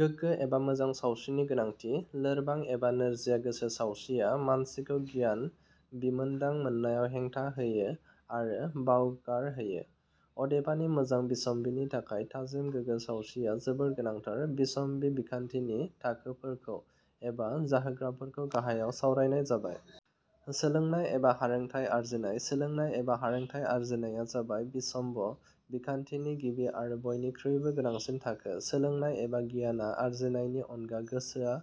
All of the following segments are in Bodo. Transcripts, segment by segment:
गोगो एबा मोजां सावस्रिनि गोनांथि: लोरबां एबा नोरजिया गोसो सावस्रिया मानसिखौ गियान बिमोनदां मोननायाव हेंथा हायो आरो बावगार होयो। अदेबानि मोजां बिसम्बिनि थाखाय थाजिम गोसो सावस्रिया जोबोर गोनांथार।: बिसम्बि बिखान्थिनि थाखोफोरखौ एबा जाहोग्राफोरखौ गाहायाव सावरायनाय जाबायः. सोलोंनाय एबा हारोंथाइ आरजिनाय: सोलोंनाय एबा हारोंथाइ आरजिनाया जाबाय बिसम्ब बिखान्थिनि गिबि आरो बयनिखुइबो गोनांसिन थाखो। सोलोंनाय एबा गियान आरजिनायनि अनगा गोसोआ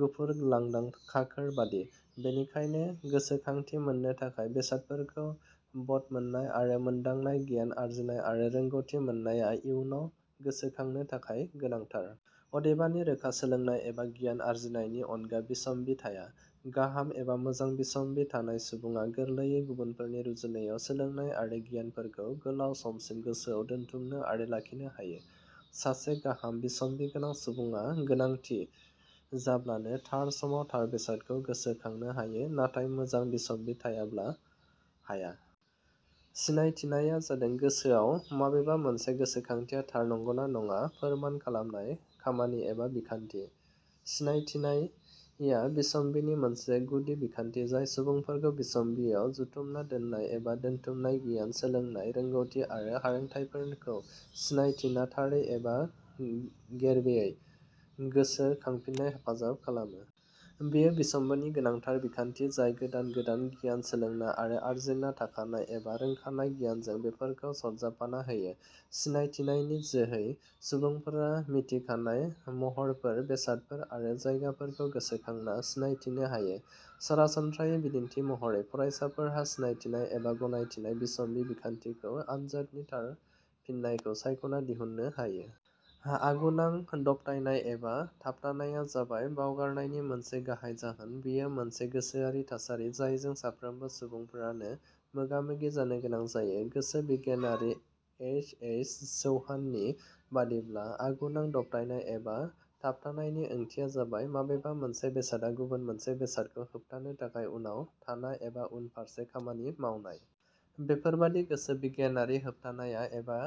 गुफुर लांदां खाखोर बादि। बेनिखायनो गोसोखांथि मोननो थाखाय बेसादफोरखौ बदमोननाय आरो मोनदांनाय गियान आरजिनाय आरो रोंगौथि मोननाया इयुनाव गोसोखांनो थाखाय गोनांथार। अदेबानि रोखा सोलोंनाय एबा गियान आरजिनायनि अनगा बिसम्बि थाया। गाहाम एबा मोजां बिसम्बि थानाय सुबुङा गोरलैयै गुबुनफोरनि रुजुनायाव सोलोंनाय आरो गियानफोरखौ गोलाउ समसिम गोसोआव दोनथुमनो आरो लाखिनो हायो। सासे गाहाम बिसम्बि गोनां सुबुङा गोनांथि जाब्लानो थार समाव थार बेसादखौ गोसो खांनो हायो नाथाय, मोजां बिसम्बि थायाब्ला हाया। सिनायथिनाया जादों गोसोआव माबेबा मोनसे गोसोखांथिया थार नंगौना नडा फोरमान खालामनाय खामानि एबा बिखान्थि। सिनायथिनाया बिसम्बिनि मोनसे गुदि बिखान्थि जाय सुबुंफोरखौ बिसम्बियाव जुथुमना दोननाय एबा दोनथुमनाय गियान, सोलोंनाय, रोंगौथि आरो हारोंथाइफोरखौ सिनायथिना थारै एबा गेर्बेयै गोसो खांफिननायाव हेफाजाब खालामो। बेयो बिसम्बिनि गोनांथार बिखान्थि जाय गोदान गोदान गियान सोलोंना आरो आरजिना थाखानाय एबा रोंखानाय गियानजों बेफोरखौ सरजाबफाना होयो। सिनायथिनायनि जो है सुबुंफोरा मिथिखानाय महरफोर, बेसादफोर आरो जायगाफोरखौ गोसोखांना सिनायथिनो हायो। सरासनस्रायै, बिदिन्थि महरै फरायसाफोरा सिनायथिनाय एबा गनायथिनाय बिसम्बि बिखान्थिखौ "" आनजादनि थारफिननायखौ सायख'ना दिहुननो बाहायो।: आगुनां दबथाइनाय एबा थाबथानाया जाबाय बावगारनायनि मोनसे गाहाइ जाहोन। बेयो मोनसे गोसोआरि थासारि जायजों साफ्रोमबो सुबुंफोरानो मोगा-मोगि जानो गोनां जायो। गोसोबिगियानगिरि एस. एस. चौहाननि बादिब्ला, 'आगुनां दबथाइनाय एबा थाबथानायनि ओंथिया जाबाय माबेबा मोनसे बेसादा गुबुन मोनसे बेसादखौ होबथानो थाखाय उनाव थाना एबा उन फारसे खामानि मावनाय। ' बेफोरबादि गोसो बिगियानारि होबथानाया एबा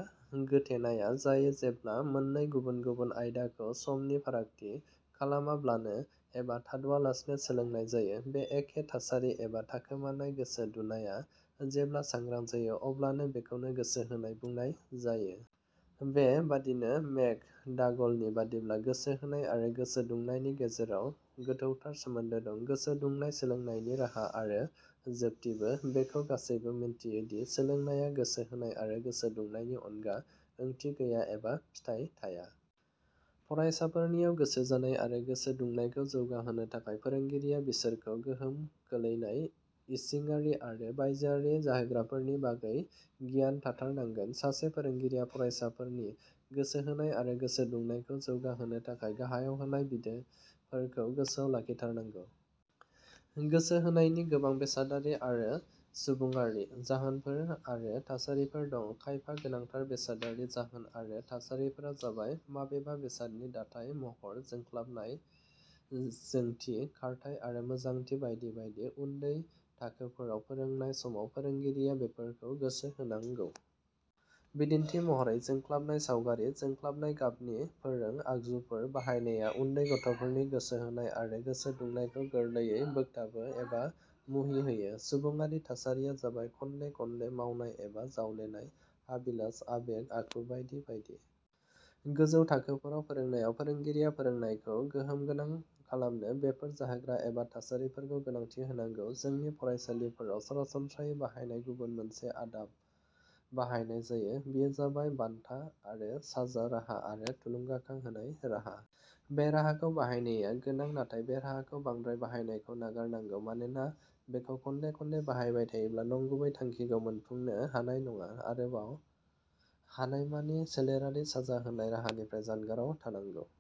गोथेनाया जायो जेब्ला मोननै गुबुन-गुबुन आयदाखौ समनि फारागथि खालामालाबानो एबा थाद'आलासेयै सोलोंनाय जायो। बे एखे थासारि एबा थाखोमानाय गोसो दुनाया जेब्ला सांग्रां जायो अब्लानो बेखौनो गोसो होनाय बुंनाय जायो। बे बादिनो मेक. डागल नि बादिब्ला गोसो होनाय आरो गोसो दुंनायनि गेजेराव गोथौथार सोमोन्दो दं। "गोसो दुंनाया सोलोंथाइनि राहा आरो जोबथिबो": बेखौ गासैबो मिथियोदि सोलोंनाया गोसो होनाय आरो गोसो दुंनायनि अनगा ओंथि गैया एबा फिथाइ थाया। फरायसाफोरनियाव गोसो जानाय आरो गोसो दुंनायखौ जौगाहोनो थाखाय फोरोंगिरिया बिसोरखौ गोहोम खोलैनाय इसिडारि आरो बायजोआरि जाहोग्राफोरनि बागै गियान थाथार नांगोन। सासे फोरोंगिरिया फरायसाफोरनि गोसो होनाय आरो गोसो दुंनायखौ जौगाहोनो थाखाय गाहायाव होनाय बिन्दोफोरखौ गोसोआव लाखिथारनांगोनः. गोसो होनायनि गोबां बेसादारि आरो सुबुडारि जाहोनफोर आरो थासारिफोर दं। खायफा गोनांथार बेसादारि जाहोन आरो थासारिफोरा जाबाय- माबेबा बेसादनि दाथाइ, महर, जोंख्लाबनाय, जोंथि, खारथाइ आरो मोजांथि बायदि बायदि। उन्दै थाखोफोराव फोरोंनाय समाव फोरोंगिरिया बेफोरखौ गोसो होनांगौ। बिदिन्थि महरै जोंख्लाबनाय सावगारि, जोंख्लाबनाय गाबनि फोरों आगजुफोर बाहायनाया उन्दै गथ'फोरनि गोसो होनाय आरो गोसो दुंनायखौ गोरलैयै बोगथाबो एबा मुहि होयो। सुबुङारि थासारिफोरा जाबाय- खनले खनले मावनाय एबा जावलेनाय, हाबिलास, आबेग, आखु बायदि बायदि। गोजौ थाखोफोराव फोरोंनायाव फोरोंगिरिया फोरोंनायखौ गोहोम गोनां खालामनो बेफोर जाहोग्रा एबा थासारिफोरखौ गोनांथि होनांगौ।. जोंनि फरायसालिफोराव सरासनम्रायै बाहायनाय गुबुन मोनसे आदब बाहायनाय जायो, बेयो जाबाय "बान्था आरो साजा" राहा आरो" थुलुंगाखां होनाय" राहा। बे राहाखौ बाहायनाया गोनां, नाथाइ बे राहाखौ बांद्राय बाहायनायखौ नागार नांगौ। मानोना बेखौ खनले खनले बाहायबाय थायोब्ला नंगुबै थांखिखौ मोनफुंनो हानाय नङा। आरोबाव हानायमानि सोलेरारि साजा होनाय राहानिफ्राय जानगाराव थानांगौ.